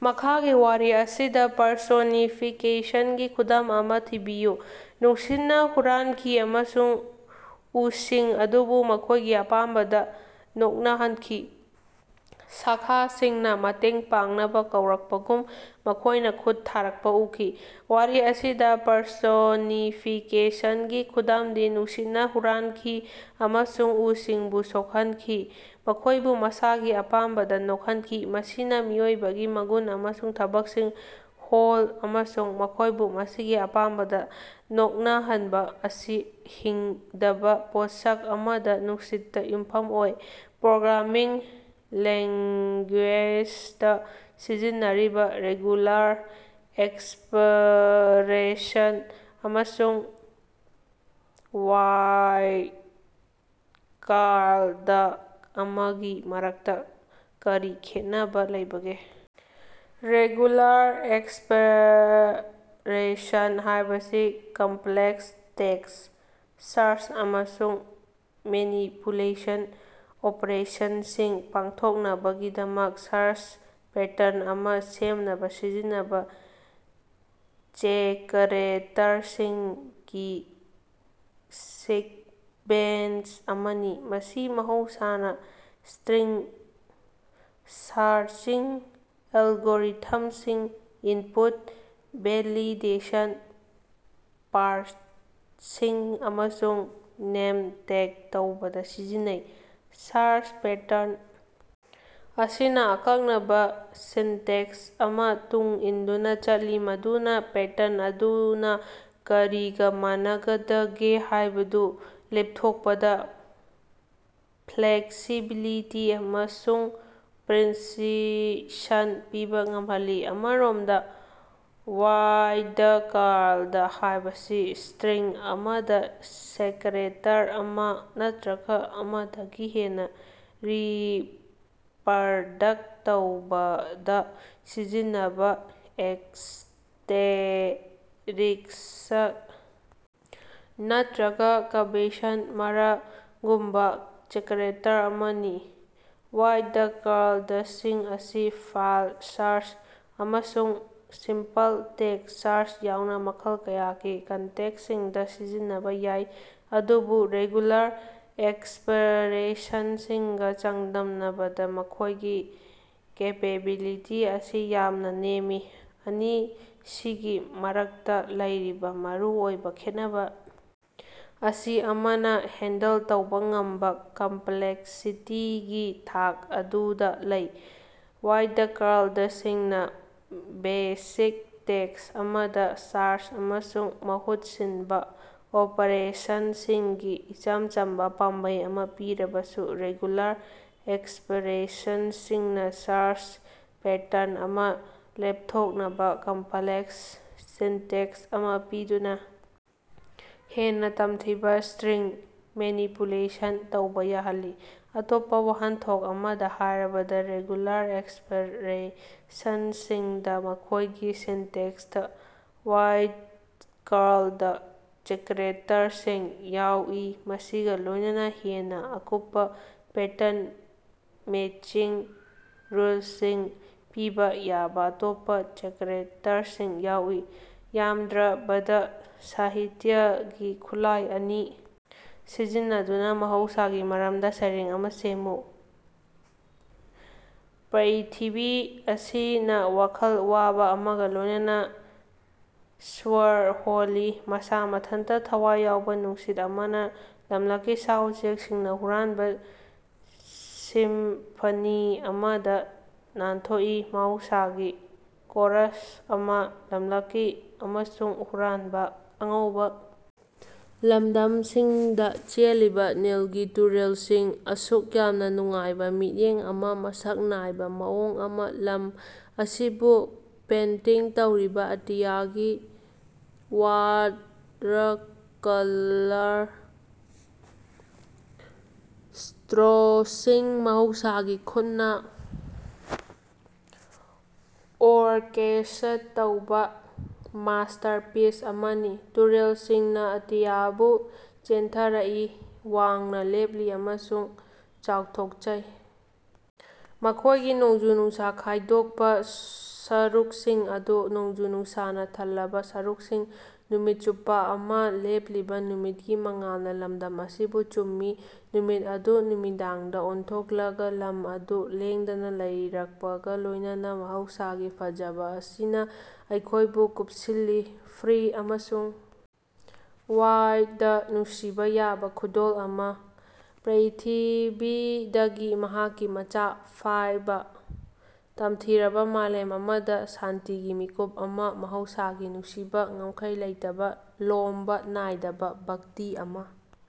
ꯃꯈꯥꯒꯤ ꯋꯥꯔꯤ ꯑꯁꯤꯗ ꯄꯔꯁꯣꯅꯤꯐꯤꯀꯦꯁꯟꯒꯤ ꯈꯨꯗꯝ ꯑꯃꯥ ꯊꯤꯕꯤꯌꯨ꯫ ꯅꯨꯡꯁꯤꯠꯅ ꯍꯨꯔꯥꯟꯈꯤ ꯑꯃꯁꯨꯡ ꯎꯁꯤꯡ ꯑꯗꯨꯕꯨ ꯃꯈꯣꯏꯒꯤ ꯑꯄꯥꯝꯕꯗ ꯅꯣꯛꯅꯍꯟꯈꯤ꯫ ꯁꯥꯈꯥꯁꯤꯡꯅꯥ ꯃꯇꯦꯡ ꯄꯥꯡꯅꯕ ꯀꯧꯔꯛꯄꯒꯨꯝ ꯃꯈꯣꯏꯅ ꯈꯨꯠ ꯊꯥꯔꯛꯄ ꯎꯈꯤ꯫ ꯋꯥꯔꯤ ꯑꯁꯤꯗ ꯄꯔꯁꯣꯅꯤꯐꯤꯀꯦꯁꯟꯒꯤ ꯈꯨꯗꯝꯗꯤ ꯅꯨꯡꯁꯤꯠꯅ ꯍꯨꯔꯥꯟꯈꯤ ꯑꯃꯁꯨꯡ ꯎꯁꯤꯡꯕꯨ ꯁꯣꯛꯍꯟꯈꯤ, ꯃꯈꯣꯏꯕꯨ ꯃꯁꯥꯒꯤ ꯑꯄꯥꯝꯕꯗꯥ ꯅꯣꯛꯍꯟꯈꯤ꯫ ꯃꯁꯤꯅꯥ ꯃꯤꯑꯣꯏꯕꯒꯤ ꯃꯒꯨꯟ ꯑꯃꯁꯨꯡ ꯊꯕꯛꯁꯤꯡ ꯍꯣꯜ ꯑꯃꯁꯨꯡ ꯃꯈꯣꯏꯕꯨ ꯃꯁꯤꯒꯤ ꯑꯄꯥꯝꯕꯗꯥ ꯅꯣꯛꯅꯍꯟꯕ ꯑꯁꯤ ꯍꯤꯡꯗꯕ ꯄꯣꯠꯁꯛ ꯑꯃꯗ, ꯅꯨꯡꯁꯤꯠꯇ ꯌꯨꯝꯐꯝ ꯑꯣꯏ꯫ ꯄ꯭ꯔꯣꯒ꯭ꯔꯥꯃꯤꯡ ꯂꯦꯉ꯭ꯒꯨꯌꯦꯖꯗ ꯁꯤꯖꯤꯟꯅꯔꯤꯕ ꯔꯦꯒꯨꯂꯥꯔ ꯑꯦꯛꯁꯄꯔꯦꯁꯟ ꯑꯃꯁꯨꯡ ꯋꯥꯏꯜꯠꯀꯥꯔꯗ ꯑꯃꯒꯤ ꯃꯔꯛꯇꯥ ꯀꯔꯤ ꯈꯦꯠꯅꯕꯥ ꯂꯩꯕꯒꯦ? ꯔꯦꯒꯨꯂꯥꯔ ꯑꯦꯛꯁꯄꯔꯦꯁꯟ ꯍꯥꯏꯕꯁꯤ ꯀꯝꯄꯂꯦꯛꯁ ꯇꯦꯛꯁ ꯁꯥꯔꯆ ꯑꯃꯁꯨꯡ ꯃꯦꯅꯤꯄꯨꯂꯦꯁꯟ ꯑꯣꯄꯔꯦꯁꯟꯁꯤꯡ ꯄꯥꯡꯊꯣꯛꯅꯕꯒꯤꯗꯃꯛ ꯁꯥꯔꯆ ꯄꯦꯇꯔꯟ ꯑꯃꯥ ꯁꯦꯝꯅꯕ ꯁꯤꯖꯤꯟꯅꯕ ꯆꯦꯀꯔꯦꯇꯔꯁꯤꯡꯒꯤ ꯁꯤꯛꯕꯦꯟꯁ ꯑꯃꯅꯤ꯫ ꯃꯁꯤ ꯃꯍꯧꯁꯥꯅ ꯁ꯭ꯇꯔꯤꯡ ꯁꯥꯔꯆꯤꯡ ꯑꯦꯜꯒꯣꯔꯤꯊꯝꯁꯤꯡ, ꯏꯟꯄꯨꯠ ꯚꯦꯂꯤꯗꯦꯁꯟ, ꯄꯥꯔꯁꯤꯡ, ꯑꯃꯁꯨꯡ ꯅꯦꯝ ꯇꯦꯒ ꯇꯧꯕꯗ ꯁꯤꯖꯤꯟꯅꯩ꯫ ꯁꯥꯔꯆ ꯄꯦꯇꯔꯟ ꯑꯁꯤꯅ ꯑꯀꯛꯅꯕ ꯁꯤꯟꯇꯦꯛꯁ ꯑꯃꯥ ꯇꯨꯡ ꯏꯟꯗꯨꯅ ꯆꯠꯂꯤ ꯃꯗꯨꯅꯥ ꯄꯦꯇꯔꯟ ꯑꯗꯨꯅꯥ ꯀꯔꯤꯒꯥ ꯃꯥꯟꯅꯒꯗꯒꯦ ꯍꯥꯏꯕꯗꯨ ꯂꯦꯞꯊꯣꯛꯄꯗ ꯐ꯭ꯂꯦꯛꯁꯤꯕꯤꯂꯤꯇꯤ ꯑꯃꯁꯨꯡ ꯄ꯭ꯔꯤꯁꯤꯁꯟ ꯄꯤꯕ ꯉꯝꯍꯜꯂꯤ꯫ ꯑꯃꯔꯣꯝꯗ, ꯋꯥꯏꯜꯗꯀꯥꯔꯗ ꯍꯥꯏꯕꯁꯤ ꯁ꯭ꯇꯔꯤꯡ ꯑꯃꯗ ꯆꯦꯀꯔꯦꯇꯔ ꯑꯃꯥ ꯅꯠꯇꯔꯒ ꯑꯃꯗꯒꯤ ꯍꯦꯟꯕ ꯔꯤꯄꯔꯗꯛ ꯇꯧꯕꯗ ꯁꯤꯖꯤꯟꯅꯕ ꯑꯦꯁ꯭ꯇꯦꯔꯤꯁ꯭ꯛ ꯅꯠꯇꯔꯒ ꯀ꯭ꯕꯦꯁꯟ ꯃꯥꯔꯛꯒꯨꯝꯕ ꯆꯦꯀꯔꯦꯇꯔ ꯑꯃꯅꯤ꯫ ꯋꯥꯏꯜꯗꯀꯥꯔꯗꯁꯤꯡ ꯑꯁꯤ ꯐꯥꯏꯜ ꯁꯥꯔꯆ ꯑꯃꯁꯨꯡ ꯁꯤꯝꯄꯜ ꯇꯦꯛꯁ ꯁꯥꯔꯆ ꯌꯥꯎꯅ ꯃꯈꯜ ꯀꯌꯥꯒꯤ ꯀꯟꯇꯦꯛꯁꯁꯤꯡꯗ ꯁꯤꯖꯤꯟꯅꯕ ꯌꯥꯏ, ꯑꯗꯨꯕꯨ ꯔꯦꯒꯨꯂꯥꯔ ꯑꯦꯛꯁꯄꯔꯦꯁꯟꯁꯤꯡꯒ ꯆꯥꯡꯗꯝꯅꯕꯗ ꯃꯈꯣꯏꯒꯤ ꯀꯦꯄꯦꯕꯤꯂꯤꯇꯤ ꯑꯁꯤ ꯌꯥꯝꯅꯥ ꯅꯦꯝꯃꯤ꯫ ꯑꯅꯤꯁꯤꯒꯤ ꯃꯔꯛꯇ ꯂꯩꯔꯤꯕ ꯃꯔꯨꯑꯣꯏꯕ ꯈꯦꯠꯅꯕ ꯑꯁꯤ ꯑꯃꯅꯥ ꯍꯦꯟꯗꯜ ꯇꯧꯕ ꯉꯝꯕꯥ ꯀꯝꯄꯂꯦꯛꯁꯤꯇꯤꯒꯤ ꯊꯥꯛ ꯑꯗꯨꯗ ꯂꯩ꯫ ꯋꯥꯏꯜꯗꯀꯥꯔꯗꯁꯤꯡꯅ ꯕꯦꯁꯤꯛ ꯇꯦꯛꯁ ꯑꯃꯗ ꯁꯥꯔꯆ ꯑꯃꯁꯨꯡ ꯃꯍꯨꯠ ꯁꯤꯟꯕ ꯑꯣꯄꯔꯦꯁꯟꯁꯤꯡꯒꯤ ꯏꯆꯝ ꯆꯝꯕ ꯄꯥꯝꯕꯩ ꯑꯃꯥ ꯄꯤꯔꯕꯁꯨ, ꯔꯦꯒꯨꯂꯥꯔ ꯑꯦꯛꯁꯄꯔꯦꯁꯟꯁꯤꯡꯅ ꯁꯥꯔꯆ ꯄꯦꯇꯔꯟ ꯑꯃ ꯂꯦꯞꯊꯣꯛꯅꯕ ꯀꯝꯄꯂꯦꯛꯁ ꯁꯤꯟꯇꯦꯛꯁ ꯑꯃꯥ ꯄꯤꯗꯨꯅ ꯍꯦꯟꯅ ꯇꯝꯊꯤꯕꯥ ꯁ꯭ꯇꯔꯤꯡ ꯃꯦꯅꯤꯄꯨꯂꯦꯁꯟ ꯇꯧꯕ ꯌꯥꯍꯜꯂꯤ꯫ ꯑꯇꯣꯞꯄ ꯋꯥꯍꯟꯊꯣꯛ ꯑꯃꯗ ꯍꯥꯏꯔꯕꯗ, ꯔꯦꯒꯨꯂꯥꯔ ꯑꯦꯛꯁꯄꯔꯦꯁꯟꯁꯤꯡꯗ ꯃꯈꯣꯏꯒꯤ ꯁꯤꯟꯇꯦꯛꯁꯇ ꯋꯥꯏꯜꯠꯀꯥꯔꯗ ꯆꯦꯀꯔꯦꯇꯔꯁꯤꯡ ꯌꯥꯎꯏ, ꯃꯁꯤꯒ ꯂꯣꯏꯅꯅꯥ ꯍꯦꯟꯅ ꯑꯀꯨꯞꯄ ꯄꯦꯇꯔꯟ ꯃꯦꯆꯤꯡ ꯔꯨꯜꯁꯤꯡ ꯄꯤꯕ ꯌꯥꯕ ꯑꯇꯣꯞꯄ ꯆꯦꯀꯔꯦꯇꯔꯁꯤꯡ ꯌꯥꯎꯏ꯫ ꯌꯥꯝꯗ꯭ꯔꯕꯗ ꯁꯥꯍꯤꯇꯌꯒꯤ ꯈꯨꯠꯂꯥꯏ ꯑꯅꯤ ꯁꯤꯖꯤꯟꯅꯗꯨꯅ ꯃꯍꯧꯁꯥꯒꯤ ꯃꯔꯝꯗ ꯁꯩꯔꯦꯡ ꯑꯃꯥ ꯁꯦꯝꯃꯨ꯫ ꯄ꯭ꯔ꯭ꯏꯊꯤꯕꯤ ꯑꯁꯤꯅ ꯋꯥꯈꯜ ꯋꯥꯕ ꯑꯃꯒ ꯂꯣꯏꯅꯅꯥ ꯁ꯭ꯋꯔ ꯍꯣꯜꯂꯤ ꯃꯁꯥ ꯃꯊꯟꯇꯥ ꯊꯋꯥꯏ ꯌꯥꯎꯕ ꯅꯨꯡꯁꯤꯠ ꯑꯃꯅꯥ, ꯂꯝꯂꯛꯀꯤ ꯁꯥ-ꯎꯆꯦꯛꯁꯤꯡꯅ ꯍꯨꯔꯥꯟꯕ ꯁꯤꯝꯐꯅꯤ ꯑꯃꯗꯥ ꯅꯥꯟꯊꯣꯛꯏ, ꯃꯍꯧꯁꯥꯒꯤ ꯀꯣꯔꯁ ꯑꯃꯥ, ꯂꯝꯂꯛꯀꯤ ꯑꯃꯁꯨꯡ ꯍꯨꯔꯥꯟꯕꯥ꯫ ꯑꯉꯧꯕ ꯂꯝꯗꯝꯁꯤꯡꯗ ꯆꯦꯜꯂꯤꯕ ꯅꯤꯜꯒꯤ ꯇꯨꯔꯦꯜꯁꯤꯡ, ꯑꯁꯨꯛ ꯌꯥꯝꯅꯥ ꯅꯨꯡꯉꯥꯏꯕ ꯃꯤꯠꯌꯦꯡ ꯑꯃꯥ, ꯃꯁꯛ ꯅꯥꯏꯕ ꯃꯑꯣꯡ ꯑꯃꯥ; ꯂꯝ ꯑꯁꯤꯕꯨ ꯄꯦꯟꯇꯤꯡ ꯇꯧꯔꯤꯕ ꯑꯇꯤꯌꯥꯒꯤ ꯋꯥꯠꯔꯀꯂꯔ ꯁ꯭ꯇꯔꯣꯛꯁꯤꯡ ꯃꯍꯧꯁꯥꯒꯤ ꯈꯨꯠꯅ ꯑꯣꯔꯀꯦꯁ꯭ꯠ ꯇꯧꯕꯥ ꯃꯥꯁ꯭ꯇꯔꯄꯤꯁ ꯑꯃꯅꯤ꯫ ꯇꯨꯔꯦꯜꯁꯤꯡꯅ ꯑꯇꯤꯌꯥꯕꯨ ꯆꯦꯟꯊꯔꯛꯏ, ꯋꯥꯡꯅ ꯂꯦꯞꯂꯤ ꯑꯃꯁꯨꯡ ꯆꯥꯎꯊꯣꯛꯆꯩ, ꯃꯈꯣꯏꯒꯤ ꯅꯣꯡꯖꯨ-ꯅꯨꯡꯁꯥ ꯈꯥꯏꯗꯣꯛꯄ ꯁꯔꯨꯛꯁꯤꯡ ꯑꯗꯨ ꯅꯣꯡꯖꯨ-ꯅꯨꯡꯁꯥꯅ ꯊꯜꯂꯕ ꯁꯔꯨꯛꯁꯤꯡ꯫ ꯅꯨꯃꯤꯠ ꯆꯨꯞꯄ ꯑꯃꯥ ꯂꯦꯞꯂꯤꯕ ꯅꯨꯃꯤꯠꯀꯤ ꯃꯉꯥꯜꯅ ꯂꯝꯗꯝ ꯑꯁꯤꯕꯨ ꯆꯨꯝꯃꯤ, ꯅꯨꯃꯤꯠ ꯑꯗꯨ ꯅꯨꯃꯤꯗꯥꯡꯗ ꯑꯣꯟꯊꯣꯛꯂꯒ ꯂꯝ ꯑꯗꯨ ꯂꯦꯡꯗꯅꯥ ꯂꯩꯔꯛꯄꯒ ꯂꯣꯏꯅꯅꯥ꯫ ꯃꯍꯧꯁꯥꯒꯤ ꯐꯖꯕꯥ ꯑꯁꯤꯅ ꯑꯩꯈꯣꯏꯕꯨ ꯀꯨꯞꯁꯤꯜꯂꯤ, ꯐ꯭ꯔꯤ ꯑꯃꯁꯨꯡ ꯋꯥꯏꯜꯗ ꯅꯨꯡꯁꯤꯕꯥ ꯌꯥꯕꯥ ꯈꯨꯗꯣꯜ ꯑꯃꯥ, ꯄ꯭ꯔ꯭ꯏꯊꯤꯕꯤꯗꯒꯤ ꯃꯍꯥꯛꯀꯤ ꯃꯆꯥ ꯐꯥꯏꯕ꯫ ꯇꯝꯊꯤꯔꯕ ꯃꯥꯂꯦꯝ ꯑꯃꯗ ꯁꯥꯟꯇꯤꯒꯤ ꯃꯤꯀꯨꯞ ꯑꯃꯥ, ꯃꯍꯧꯁꯥꯒꯤ ꯅꯨꯡꯁꯤꯕꯥ, ꯉꯝꯈꯩ ꯂꯩꯇꯕꯥ, ꯂꯣꯝꯕꯥ ꯅꯥꯏꯗꯕ ꯚꯛꯇꯤ ꯑꯃꯥ꯫